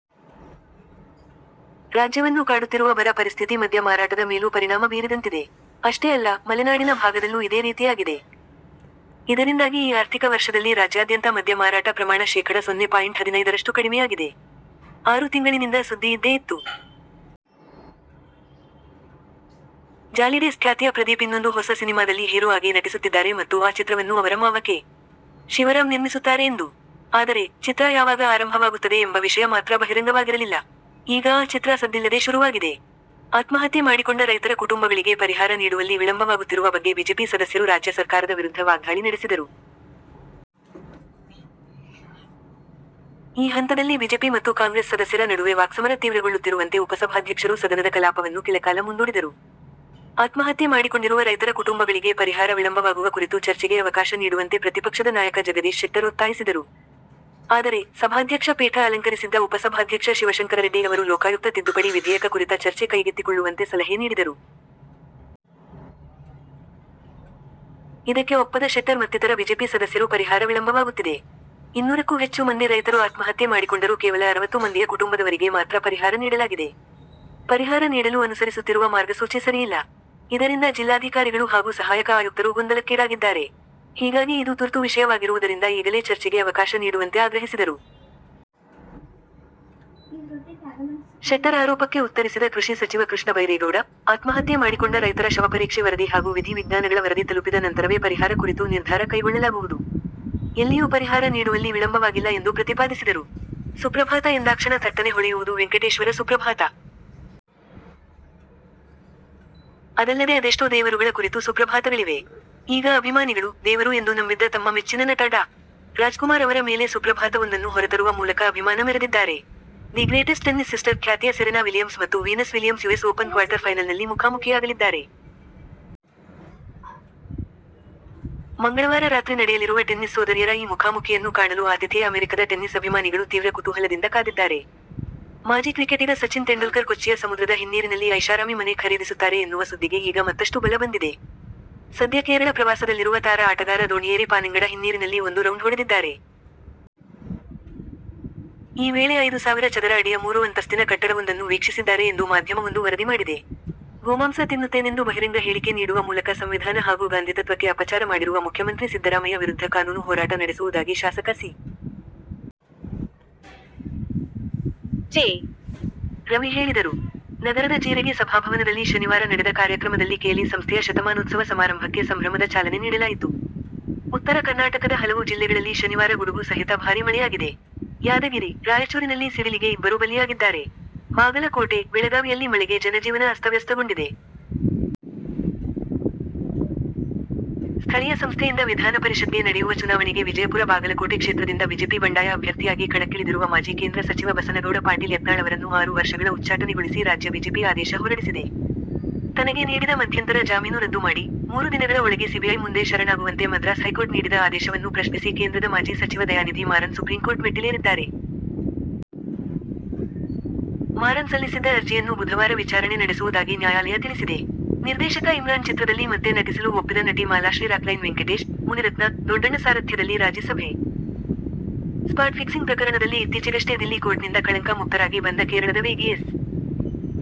ರಾಜ್ಯವನ್ನು ಕಾಡುತ್ತಿರುವ ಬರ ಪರಿಸ್ಥಿತಿ ಮದ್ಯ ಮಾರಾಟದ ಮೇಲೂ ಪರಿಣಾಮ ಬೀರಿದಂತಿದೆ. ಅಷ್ಟೇ ಅಲ್ಲ, ಮಲೆನಾಡಿನ ಭಾಗದಲ್ಲೂ ಇದೇ ರೀತಿಯಾಗಿದೆ. ಇದರಿಂದಾಗಿ ಈ ಆರ್ಥಿಕ ವರ್ಷದಲ್ಲಿ ರಾಜ್ಯಾದ್ಯಂತ ಮದ್ಯ ಮಾರಾಟ ಪ್ರಮಾಣ ಶೇಖಡ ಸೊನ್ನೆ ಪಾಯಿಂಟ್ ಹದಿನೈದರಷ್ಟು ಕಡಿಮೆಯಾಗಿದೆ. ಆರು ತಿಂಗಳಿನಿಂದ ಸುದ್ದಿ ಇದ್ದೇ ಇತ್ತು. ಜಾಲಿಡೇಸ್' ಖ್ಯಾತಿಯ ಪ್ರದೀಪ್ ಇನ್ನೊಂದು ಹೊಸ ಸಿನಿಮಾದಲ್ಲಿ ಹೀರೋ ಆಗಿ ನಟಿಸುತ್ತಿದ್ದಾರೆ ಮತ್ತು ಆ ಚಿತ್ರವನ್ನು ಅವರ ಮಾವ ಕೆ. ಶಿವರಾಂ ನಿರ್ಮಿಸುತ್ತಾರೆ ಎಂದು. ಆದರೆ, ಚಿತ್ರ ಯಾವಾಗ ಆರಂಭವಾಗುತ್ತದೆ ಎಂಬ ವಿಷಯ ಮಾತ್ರ ಬಹಿರಂಗವಾಗಿರಲಿಲ್ಲ. ಈಗ ಆ ಚಿತ್ರ ಸದ್ದಿಲ್ಲದೆ ಶುರುವಾಗಿದೆ. ಆತ್ಮಹತ್ಯೆ ಮಾಡಿಕೊಂಡ ರೈತರ ಕುಟುಂಬಗಳಿಗೆ ಪರಿಹಾರ ನೀಡುವಲ್ಲಿ ವಿಳಂಬವಾಗುತ್ತಿರುವ ಬಗ್ಗೆ ಬಿಜೆಪಿ ಸದಸ್ಯರು ರಾಜ್ಯ ಸರ್ಕಾರದ ವಿರುದ್ಧ ವಾಗ್ಧಾಳಿ ನಡೆಸಿದರು. ಈ ಹಂತದಲ್ಲಿ ಬಿಜೆಪಿ ಮತ್ತು ಕಾಂಗ್ರೆಸ್ ಸದಸ್ಯರ ನಡುವೆ ವಾಕ್ಸಮರ ತೀವ್ರಗೊಳ್ಳುತ್ತಿರುವಂತೆ ಉಪಸಭಾಧ್ಯಕ್ಷರು ಸದನದ ಕಲಾಪವನ್ನು ಕೆಲಕಾಲ ಮುಂದೂಡಿದರು. ಆತ್ಮಹತ್ಯೆ ಮಾಡಿಕೊಂಡಿರುವ ರೈತರ ಕುಟುಂಬಗಳಿಗೆ ಪರಿಹಾರ ವಿಳಂಬವಾಗುವ ಕುರಿತು ಚರ್ಚೆಗೆ ಅವಕಾಶ ನೀಡುವಂತೆ ಪ್ರತಿಪಕ್ಷದ ನಾಯಕ ಜಗದೀಶ್ ಶೆಟ್ಟರ್ ಒತ್ತಾಯಿಸಿದರು. ಆದರೆ, ಸಭಾಧ್ಯಕ್ಷ ಪೀಠ ಅಲಂಕರಿಸಿದ್ದ ಉಪಸಭಾಧ್ಯಕ್ಷ ಶಿವಶಂಕರರೆಡ್ಡಿ ಅವರು ಲೋಕಾಯುಕ್ತ ತಿದ್ದುಪಡಿ ವಿಧೇಯಕ ಕುರಿತ ಚರ್ಚೆ ಕೈಗೆತ್ತಿಕೊಳ್ಳುವಂತೆ ಸಲಹೆ ನೀಡಿದರು. ಇದಕ್ಕೆ ಒಪ್ಪದ ಶೆಟ್ಟರ್ ಮತ್ತಿತರ ಬಿಜೆಪಿ ಸದಸ್ಯರು ಪರಿಹಾರ ವಿಳಂಬವಾಗುತ್ತಿದೆ. ಇನ್ನೂರಕ್ಕೂ ಹೆಚ್ಚು ಮಂದಿ ರೈತರು ಆತ್ಮಹತ್ಯೆ ಮಾಡಿಕೊಂಡರೂ ಕೇವಲ ಅರವತ್ತು ಮಂದಿಯ ಕುಟುಂಬದವರಿಗೆ ಮಾತ್ರ ಪರಿಹಾರ ನೀಡಲಾಗಿದೆ. ಪರಿಹಾರ ನೀಡಲು ಅನುಸರಿಸುತ್ತಿರುವ ಮಾರ್ಗಸೂಚಿ ಸರಿಯಿಲ್ಲ. ಇದರಿಂದ ಜಿಲ್ಲಾಧಿಕಾರಿಗಳು ಹಾಗೂ ಸಹಾಯಕ ಆಯುಕ್ತರು ಗೊಂದಲಕ್ಕೀಡಾಗಿದ್ದಾರೆ. ಹೀಗಾಗಿ ಇದು ತುರ್ತು ವಿಷಯವಾಗಿರುವುದರಿಂದ ಈಗಲೇ ಚರ್ಚೆಗೆ ಅವಕಾಶ ನೀಡುವಂತೆ ಆಗ್ರಹಿಸಿದರು. ಶೆಟ್ಟರ್ ಆರೋಪಕ್ಕೆ ಉತ್ತರಿಸಿದ ಕೃಷಿ ಸಚಿವ ಕೃಷ್ಣ ಬೈರೇಗೌಡ, ಆತ್ಮಹತ್ಯೆ ಮಾಡಿಕೊಂಡ ರೈತರ ಶವಪರೀಕ್ಷೆ ವರದಿ ಹಾಗೂ ವಿಧಿ ವಿಜ್ಞಾನಗಳ ವರದಿ ತಲುಪಿದ ನಂತರವೇ ಪರಿಹಾರ ಕುರಿತು ನಿರ್ಧಾರ ಕೈಗೊಳ್ಳಲಾಗುವುದು. ಎಲ್ಲಿಯೂ ಪರಿಹಾರ ನೀಡುವಲ್ಲಿ ವಿಳಂಬವಾಗಿಲ್ಲ ಎಂದು ಪ್ರತಿಪಾದಿಸಿದರು. ಸುಪ್ರಭಾತ ಎಂದಾಕ್ಷಣ ಥಟ್ಟನೆ ಹೊಳೆಯುವುದು ವೆಂಕಟೇಶ್ವರ ಸುಪ್ರಭಾತ. ಅದಲ್ಲದೆ ಅದೆಷ್ಟೋ ದೇವರುಗಳ ಕುರಿತು ಸುಪ್ರಭಾತಗಳಿವೆ. ಈಗ ಅಭಿಮಾನಿಗಳು, ದೇವರು ಎಂದು ನಂಬಿದ್ದ ತಮ್ಮ ಮೆಚ್ಚಿನ ನಟ ಡಾ. ರಾಜ್ಕುಮಾರ್ ಅವರ ಮೇಲೆ ಸುಪ್ರಭಾತವೊಂದನ್ನು ಹೊರತರುವ ಮೂಲಕ ಅಭಿಮಾನ ಮೆರೆದಿದ್ದಾರೆ. ದಿ ಗ್ರೇಟೆಸ್ಟ್ ಟೆನ್ನಿಸ್ ಸಿಸ್ಟರ್' ಖ್ಯಾತಿಯ ಸೆರೆನಾ ವಿಲಿಯಮ್ಸ್ ಮತ್ತು Venus Williams US Open quarter ಫೈನಲ್ನಲ್ಲಿ ಮುಖಾಮುಖೀಯಾಗಲಿದ್ದಾರೆ. ಮಂಗಳವಾರ ರಾತ್ರಿ ನಡೆಯಲಿರುವ ಟೆನ್ನಿಸ್ ಸೋದರಿಯರ ಈ ಮುಖಾಮುಖೀಯನ್ನು ಕಾಣಲು ಆತಿಥೇಯ ಅಮೆರಿಕದ ಟೆನ್ನಿಸ್ ಅಭಿಮಾನಿಗಳು ತೀವ್ರ ಕುತೂಹಲದಿಂದ ಕಾದಿದ್ದಾರೆ. ಮಾಜಿ ಕ್ರಿಕೆಟಿಗ ಸಚಿನ್ ತೆಂಡುಲ್ಕರ್ ಕೊಚ್ಚಿಯ ಸಮುದ್ರದ ಹಿನ್ನೀರಿನಲ್ಲಿ ಐಷಾರಾಮಿ ಮನೆ ಖರೀದಿಸುತ್ತಾರೆ ಎನ್ನುವ ಸುದ್ದಿಗೆ ಈಗ ಮತ್ತಷ್ಟು ಬಲ ಬಂದಿದೆ. ಸದ್ಯ ಕೇರಳ ಪ್ರವಾಸದಲ್ಲಿರುವ ತಾರಾ ಆಟಗಾರ ದೋಣಿಯೇರಿ ಪಾನಂಗಡ ಹಿನ್ನೀರಿನಲ್ಲಿ ಒಂದು ರೌಂಡ್ ಹೊಡೆದಿದ್ದಾರೆ. ಈ ವೇಳೆ ಐದು ಸಾವಿರ ಚದರ ಅಡಿಯ ಮೂರು ಅಂತಸ್ತಿನ ಕಟ್ಟಡವೊಂದನ್ನು ವೀಕ್ಷಿಸಿದ್ದಾರೆ ಎಂದು ಮಾಧ್ಯಮವೊಂದು ವರದಿ ಮಾಡಿದೆ. ಗೋಮಾಂಸ ತಿನ್ನುತ್ತೇನೆಂದು ಬಹಿರಂಗ ಹೇಳಿಕೆ ನೀಡುವ ಮೂಲಕ ಸಂವಿಧಾನ ಹಾಗೂ ಗಾಂಧಿತತ್ವಕ್ಕೆ ಅಪಚಾರ ಮಾಡಿರುವ ಮುಖ್ಯಮಂತ್ರಿ ಸಿದ್ದರಾಮಯ್ಯ ವಿರುದ್ಧ ಕಾನೂನು ಹೋರಾಟ ನಡೆಸುವುದಾಗಿ ಶಾಸಕ ಸಿ. ಟಿ. ರವಿ ಹೇಳಿದರು. ನಗರದ ಜೀರಗೆ ಸಭಾಭವನದಲ್ಲಿ ಶನಿವಾರ ನಡೆದ ಕಾರ್ಯಕ್ರಮದಲ್ಲಿ ಕೆಎಲ್ಇ ಸಂಸ್ಥೆಯ ಶತಮಾನೋತ್ಸವ ಸಮಾರಂಭಕ್ಕೆ ಸಂಭ್ರಮದ ಚಾಲನೆ ನೀಡಲಾಯಿತು. ಉತ್ತರ ಕರ್ನಾಟಕದ ಹಲವು ಜಿಲ್ಲೆಗಳಲ್ಲಿ ಶನಿವಾರ ಗುಡುಗು ಸಹಿತ ಭಾರೀ ಮಳೆಯಾಗಿದೆ. ಯಾದಗಿರಿ, ರಾಯಚೂರಿನಲ್ಲಿ ಸಿಡಿಲಿಗೆ ಇಬ್ಬರು ಬಲಿಯಾಗಿದ್ದಾರೆ. ಬಾಗಲ ಕೋಟೆ, ಬೆಳಗಾವಿಯಲ್ಲಿ ಮಳೆಗೆ ಜನಜೀವನ ಅಸ್ತವ್ಯಸ್ತಗೊಂಡಿದೆ. ಸ್ಥಳೀಯ ಸಂಸ್ಥೆಯಿಂದ ವಿಧಾನಪರಿಷತ್ಗೆ ನಡೆಯುವ ಚುನಾವಣೆಗೆ ವಿಜಯಪುರ-ಬಾಗಲಕೋಟೆ ಕ್ಷೇತ್ರದಿಂದ ಬಿಜೆಪಿ ಬಂಡಾಯ ಅಭ್ಯರ್ಥಿಯಾಗಿ ಕಣಕ್ಕಿಳಿದಿರುವ ಮಾಜಿ ಕೇಂದ್ರ ಸಚಿವ ಬಸನಗೌಡ ಪಾಟೀಲ್ ಯತ್ನಾಳ್ ಅವರನ್ನು ಆರು ವರ್ಷಗಳ ಉಚ್ಛಾಟನೆಗೊಳಿಸಿ ರಾಜ್ಯ ಬಿಜೆಪಿ ಆದೇಶ ಹೊರಡಿಸಿದೆ. ತನಗೆ ನೀಡಿದ ಮಧ್ಯಂತರ ಜಾಮೀನು ರದ್ದು ಮಾಡಿ, ಮೂರು ದಿನಗಳ ಒಳಗೆ ಸಿಬಿಐ ಮುಂದೆ ಶರಣಾಗುವಂತೆ ಮದ್ರಾಸ್ ಹೈಕೋರ್ಟ್ ನೀಡಿದ ಆದೇಶವನ್ನು ಪ್ರಶ್ನಿಸಿ ಕೇಂದ್ರದ ಮಾಜಿ ಸಚಿವ ದಯಾನಿಧಿ ಮಾರನ್ ಸುಪ್ರೀಂಕೋರ್ಟ್ ಮೆಟ್ಟಿಲೇರಿದ್ದಾರೆ. ಮಾರನ್ ಸಲ್ಲಿಸಿದ್ದ ಅರ್ಜಿಯನ್ನು ಬುಧವಾರ ವಿಚಾರಣೆ ನಡೆಸುವುದಾಗಿ ನ್ಯಾಯಾಲಯ ತಿಳಿಸಿದೆ. ನಿರ್ದೇಶಕ ಇಮ್ರಾನ್ ಚಿತ್ರದಲ್ಲಿ ಮತ್ತೆ ನಟಿಸಲು ಒಪ್ಪಿದ ನಟಿ ಮಾಲಾಶ್ರೀ ರಾಕ್ಲೈನ್ ವೆಂಕಟೇಶ್, ಮುನಿರತ್ನ, ದೊಡ್ಡಣ್ಣ ಸಾರಥ್ಯದಲ್ಲಿ ರಾಜಿ ಸಭೆ. ಸ್ಪಾಟ್ ಫಿಕ್ಸಿಂಗ್ ಪ್ರಕರಣದಲ್ಲಿ ಇತ್ತೀಚೆಗಷ್ಟೇ ದಿಲ್ಲಿ ಕೋರ್ಟ್ನಿಂದ ಕಳಂಕ ಮುಕ್ತರಾಗಿ ಬಂದ ಕೇರಳದ ವೇಗಿ ಎಸ್.